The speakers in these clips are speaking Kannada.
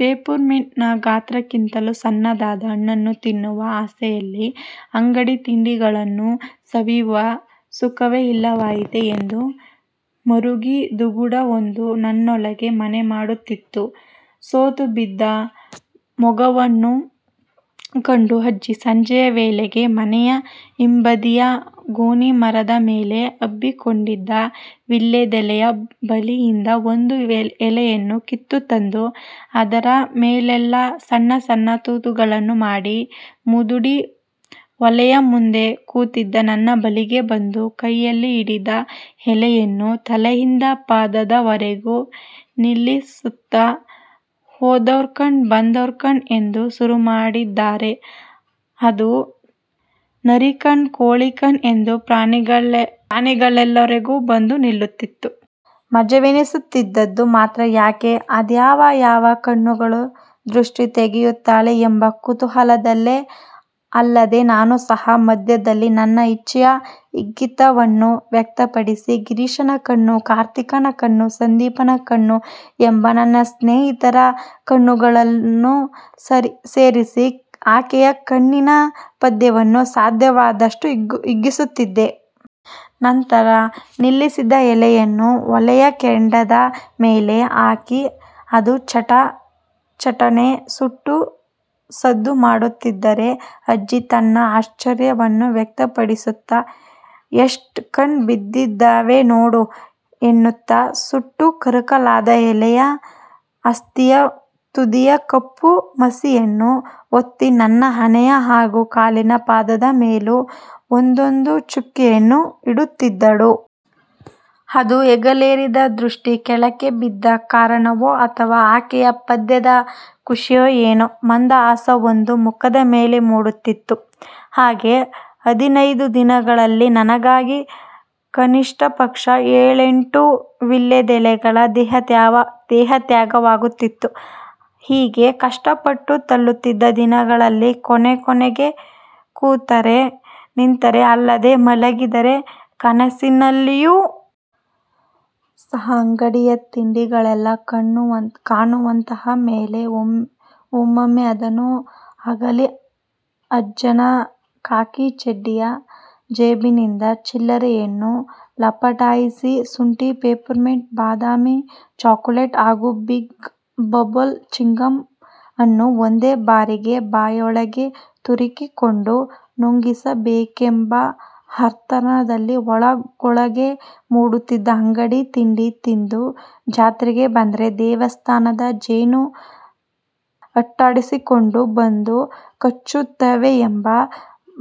ಪೆಪ್ಪೆರ್ಮೆಂಟಿನ ಗಾತ್ರಕ್ಕಿಂತಲೂ ಸಣ್ಣದಾದಾ ಹಣ್ಣನು ತಿನ್ನುವ ಆಸೆಯಲ್ಲಿ ಅಂಗಡಿ ತಿಂಡಿಗಳನ್ನು ಸವಿಯುವ ಸುಖವೇ ಇಲ್ಲವಾಯಿತೆ' ಎಂದು ಮರುಗಿ ಧುಗುಡವೊಂದು ನನ್ನೊಳಗೆ ಮನೆಮಾಡುತಿತ್ತು. ಸೋತು ಬಿದ್ದ ಮೊಗವನ್ನು ಕಂಡು ಅಜ್ಜಿ, ಸಂಜೆಯ ವೇಳೆಗೆ ಮನೆಯ ಹಿಂಬದಿಯ ಗೋಣಿಮರದ ಮೇಲೆ ಹಬ್ಬಿಕೊಂಡಿದ್ದ ವೀಳೇದೆಲೆಯ ಬಳ್ಳಿಯಿಂದ ಒಂದು ಎಲೆಯನ್ನು ಕಿತ್ತು ತಂದು ಅದರ ಮೇಲೆಲ್ಲಾ ಸಣ್ಣ ಸಣ್ಣ ತೂತುಗಳನ್ನು ಮಾಡಿ, ಮುದುಡಿ ಒಲೆಯ ಮುಂದೆ ಕೂತಿದ್ದ ನನ್ನ ಬಳಿಗೆ ಬಂದು, ಕೈಯಲ್ಲಿ ಹಿಡಿದ ಎಲೆಯನ್ನು ತಲೆಯಿಂದ ಪಾದದವರೆಗೂ ನೀಳಿಸುತ್ತಾ 'ಹೋದೋರ್ ಕಣ್ಣ್, ಬಂದೋರ್ ಕಣ್ಣ್,' ಎಂದು ಶುರುಮಾಡಿದರೆ ಅದು 'ನರಿ ಕಣ್ಣ್, ಕೋಳಿ ಕಣ್ಣ್' ಎಂದು ಪ್ರಾಣಿಗಳವೆರೆಗೂ ಬಂದು ನಿಲ್ಲುತಿತ್ತು. ಮಜವೆನ್ನಿಸುತಿದ್ದದ್ದು ಮಾತ್ರ ಆಕೆ ಅದ್ಯಾವ ಯಾವ ಕಣ್ಣುಗಳ ದೃಷ್ಟಿ ತೆಗೆಯುತ್ತಾಳೆ ಎಂಬ ಕುತೂಹಲದಲ್ಲೇ. ಅಲ್ಲದೆ ನಾನು ಸಹ ಮದ್ಯದಲ್ಲಿ ನನ್ನ ಇಚ್ಛೆಯ ಇಂಗಿತವನ್ನು ವ್ಯಕ್ತಪಡಿಸಿ 'ಗಿರೀಶನ ಕಣ್ಣ್, ಕಾರ್ತಿಕನ ಕಣ್ಣ್, ಸಂದೀಪನ ಕಣ್ಣ್' ಎಂಬ ನನ್ನ ಸ್ನೇಹಿತರ ಕಣ್ಣುಗಳನ್ನೂ ಸೇರಿಸಿ ಆಕೆಯ ಕಣ್ಣಿನ ಪದ್ಯವನ್ನು ಸಾಧ್ಯವಾದಷ್ಟು ಹಿಗ್ಗಿಸುತ್ತಿದ್ದೆ. ನಂತರ ನೀಳಿಸಿದ ಎಲೆಯನ್ನು ಒಲೆಯ ಕೆಂಡದ ಮೇಲೆ ಹಾಕಿ ಅದು ಚಟ ಚಟನೆ ಸುಟ್ಟು ಸದ್ದುಮಾಡುತಿದ್ದಾಗ ಅಜ್ಜಿ ತನ್ನ ಆಶ್ಚರ್ಯವನ್ನು ವ್ಯಕ್ತಪಡಿಸುತ್ತಾ 'ಎಷ್ಟ್ ಕಣ್ಣ್ ಬಿದ್ದಿದಾವೆ ನೋಡು' ಎನ್ನುತ ಸುಟ್ಟು ಕರಕಲಾಗ ಎಲೆಯ ಅಸ್ತಿಯ ತುದಿಯ ಕಪ್ಪು ಮಸಿಯನ್ನು ಒತ್ತಿ ನನ್ನ ಹಣೆಯ ಹಾಗು ಕಾಲಿನ ಪಾದದ ಮೇಲೂ ಒಂದೊಂದು ಚುಕ್ಕೆಯನ್ನು ಹಿಡುತಿದ್ದಳು. ಅದು ಹೆಗಲೇರಿದ ದೃಷ್ಟಿ ಕೆಳಗೆ ಬಿದ್ದ ಕಾರಣವೋ ಅಥವಾ ಆಕೆಯ ಪದ್ಯದ ಖುಷಿಯೋ ಏನೋ ಮಂದಹಾಸವೊಂದು ಮುಖದ ಮೇಲೆ ಮೂಡುತಿತ್ತು. ಹೀಗೆ ಹದಿನೈದು ದಿನಗಳಲ್ಲಿ ನನಗಾಗಿ ಕನಿಷ್ಠಪಕ್ಷ ಏಳೆಂಟು ವೀಳೇದೆಲೆಗಳ ದೇಹತ್ಯಾಗವಾಗುತಿತ್ತು. ಹೀಗೆ ಕಷ್ಟಪಟ್ಟು ತಳ್ಳುತ್ತಿದ್ದ ದಿನಗಳಲ್ಲಿ ಕೊನೆಕೊನೆಗೆ ಕುಂತರೆ, ನಿಂತರೆ, ಅಲ್ಲದೆ ಮಲಗಿದರೆ ಕನಸ್ಸಿನಲ್ಲಿಯೂ ಸಹ ಅಂಗಡಿಯ ತಿಂಡಿಗಳೇ ಕಾಣುವಂತಾದ ಮೇಲೆ ಒಮ್ಮೊಮ್ಮೆ ಆದದ್ದು ಆಗಲಿ ಅಜ್ಜನ ಖಾಕಿ ಚಡ್ಡಿಯ ಜೇಬಿನಿಂದ ಚಿಲ್ಲರೆಯನ್ನು ಲಪಟಾಯಿಸಿ ಶುಂಠಿ ಪಾಪೆರ್ಮೆನ್ಟ್, ಬಾದಾಮಿ ಚಾಕಲೇಟು ಹಾಗು ಬಿಗ್ ಬಬೂಲ್ ಚೀವಿಂಗ್ ಗಮ್ ಅನ್ನು ಒಂದೇ ಬಾರಿಗೆ ಬಾಯಿಯೊಳಗೆ ತೂರಿಕೊಂಡು ನುಂಗಿಬಿಡಬೇಕೆಂಬ ಆರ್ತನಾದ ಒಳಗೊಳಗೇ ಮೂಡುತಿದ್ದರೂ 'ಅಂಗಡಿ ತಿಂಡಿ ತಿಂದು ಜಾತ್ರೆಗೆ ಬಂದ್ರೆ ದೇವಸ್ಥಾನದ ಜೇನು ಅಟ್ಟಾಡಿಸ್ಕೊಂಡು ಬಂದು ಕಚ್ಚುತ್ತವೆ' ಎಂಬ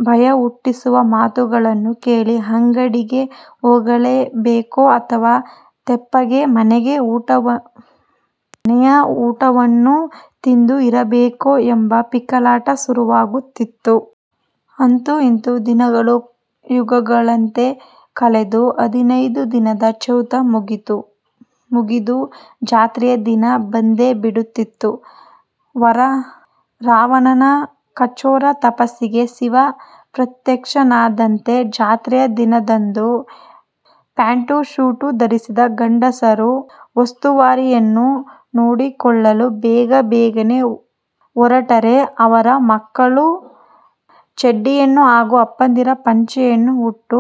ಭಯಹುಟ್ಟಿಸುವ ಮಾತುಗಳನ್ನು ಕೇಳಿ ಅಂಗಡಿಗೆ ಹೋಗಬೇಕೋ ಅಥವಾ ತೆಪ್ಪಗೆ ಮನೆಯ ಊಟವನ್ನು ತಿಂದು ಇರಬೇಕೋ ಎಂಬ ಪೀಕಲಾಟ ಶುರುವಾಗುತ್ತಿತ್ತು. ಅಂತೂ ಇಂತೂ ದಿನಗಳು ಯುಗಗಳಂತೆ ಕಳೆದು ಹದಿನೈದು ದಿನದ ಚೌತ ಮುಗಿದು ಜಾತ್ರೆಯ ದಿನ ಬಂದೇ ಬಿಡುತಿತ್ತು. ರಾವಣನ ಕಠೋರ ತಪಸ್ಸಿಗೆ ಶಿವ ಪ್ರತ್ಯಕ್ಷನಾದದಂತೆ. ಜಾತ್ರೆಯ ದಿನದಂದು ಪ್ಯಾಂಟು ಶರ್ಟು ಧರಿಸಿದ ಗಂಡಸರು ಉಸ್ತುವಾರಿಯನ್ನು ನೋಡಿಕೊಳ್ಳಲು ಬೇಗ ಬೇಗನೆ ಹೊರಟರೆ ಅವರ ಮಕ್ಕಳು ಚಡ್ಡಿಯನ್ನು ಹಾಗು ಅಪ್ಪಂದಿರು ಪಂಚೆಯನ್ನು ಉಟ್ಟು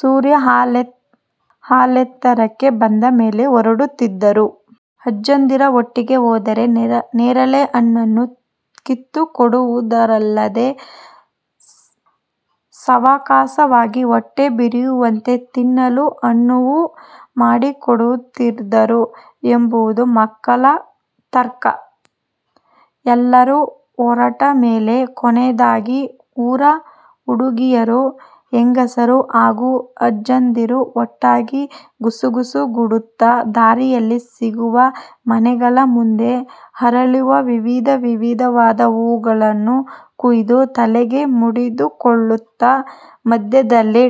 ಸೂರ್ಯ ಆಳೆತ್ತರಕ್ಕೆ ಬಂದ ಮೇಲೆ ಹೊರಡುತ್ತಿದ್ದರು. ಅಜ್ಜಂದಿರ ಒಟ್ಟಿಗೆ ಹೋದರೆ ನೇರಳೆ ಹಣ್ಣನ್ನು ಕಿತ್ತು ಕೊಡುವುದಲ್ಲದೆ ಸಾವಕಾಶವಾಗಿ ಹೊಟ್ಟೆ ಬಿರಿಯುವಂತೆ ತಿನ್ನಲು ಅನುವು ಮಾಡಿಕೊಡುತಿದ್ದರು ಎಂಬುದು ಮಕ್ಕಳ ತರ್ಕ. ಎಲ್ಲರು ಹೊರಟ ಮೇಲೆ ಕೊನೆಯದಾಗಿ ಊರ ಹುಡುಗಿಯರು, ಹೆಂಗಸರು ಹಾಗು ಅಜ್ಜಿಯಂದಿರು ಒಟ್ಟಾಗಿ ಗುಸು ಗುಸು ಗುಡುತ್ತಾ ದಾರಿಯಲ್ಲಿ ಸಿಗುವ ಮನೆಗಳ ಮುಂದೆ ಅರಳಿರುವ ವಿಧ ವಿಧವಾದ ಹೂವುಗಳನ್ನು ಕೂಯ್ದು ತಲೆಗೆ ಮುಡಿದುಕೊಳ್ಳುತ್ತಾ, ಮದ್ಯದಲ್ಲಿ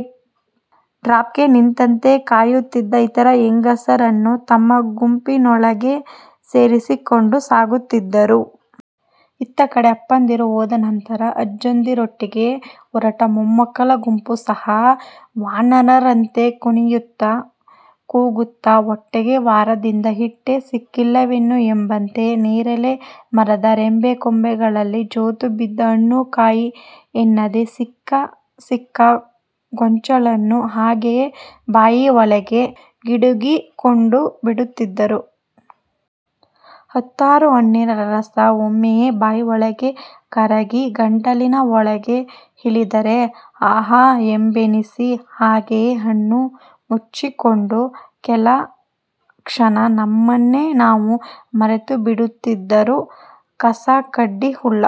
ಡ್ರಾಪ್ ಗೆ ನಿಂತಂತೆ ಕಾಯುತ್ತಿದ್ದ ಇತರ ಹೆಂಗಸರನ್ನೂ ತಮ್ಮ ಗುಂಪಿನೊಳಗೆ ಸೇರಿಸಿಕೊಂಡು ಸಾಗುತಿದ್ದರು. ಇತ್ತ ಕಡೆ ಅಪ್ಪಂದಿರು ಹೋದ ನಂತರ ಅಜ್ಜಂದಿರೊಟ್ಟಿಗೆ ಹೊರಟ ಮೊಮ್ಮಕಳ ಗುಂಪು ಅಕ್ಷರ ಸಹ ವಾನರರಂತೆ ಕುಣಿಯುತ್ತಾ, ಕೂಗುತ್ತ, ಹೊಟ್ಟೆಗೆ ವಾರದಿಂದ ಹಿಟ್ಟೇ ಸಿಕ್ಕಿಲ್ಲವೇನೋ ಎಂಬಂತೆ ನೆರೆಲೆ ಮರದ ರೆಂಬೆ ಕೊಂಬೆ ಗಳಲ್ಲಿ ಜೋತುಬಿದ್ದು ಹಣ್ಣು, ಕಾಯಿ ಎನ್ನದೆ ಸಿಕ್ಕ ಸಿಕ್ಕ ಗೊಂಚಲನ್ನು ಹಾಗೆಯೆ ಬಾಯಿಯ ಒಳಗೆ ಗಿಡುಗಿಕೊಂಡುಬಿಡುತ್ತಿದ್ದರು. ಹತ್ತಾರು ಹಣ್ಣಿನ ರಸ ಒಮ್ಮೆಲೇ ಬಾಯೊಳಗೆ ಕರಗಿ ಗಂಟಲಿನ ಒಳಗೆ ಇಳಿದರೆ ಆಹಾ! ಎಂದನಿಸಿ ಹಾಗೆಯೆ ಕಣ್ಣು ಮುಚ್ಚಿಕೊಂಡು ಕೆಲ ಕ್ಷಣ ನಮ್ಮನ್ನೇ ನಾವು ಮರೆತುಬಿಡುತ್ತಿದ್ದರು.'ಕಸ-ಕಡ್ಡಿ, ಉಳ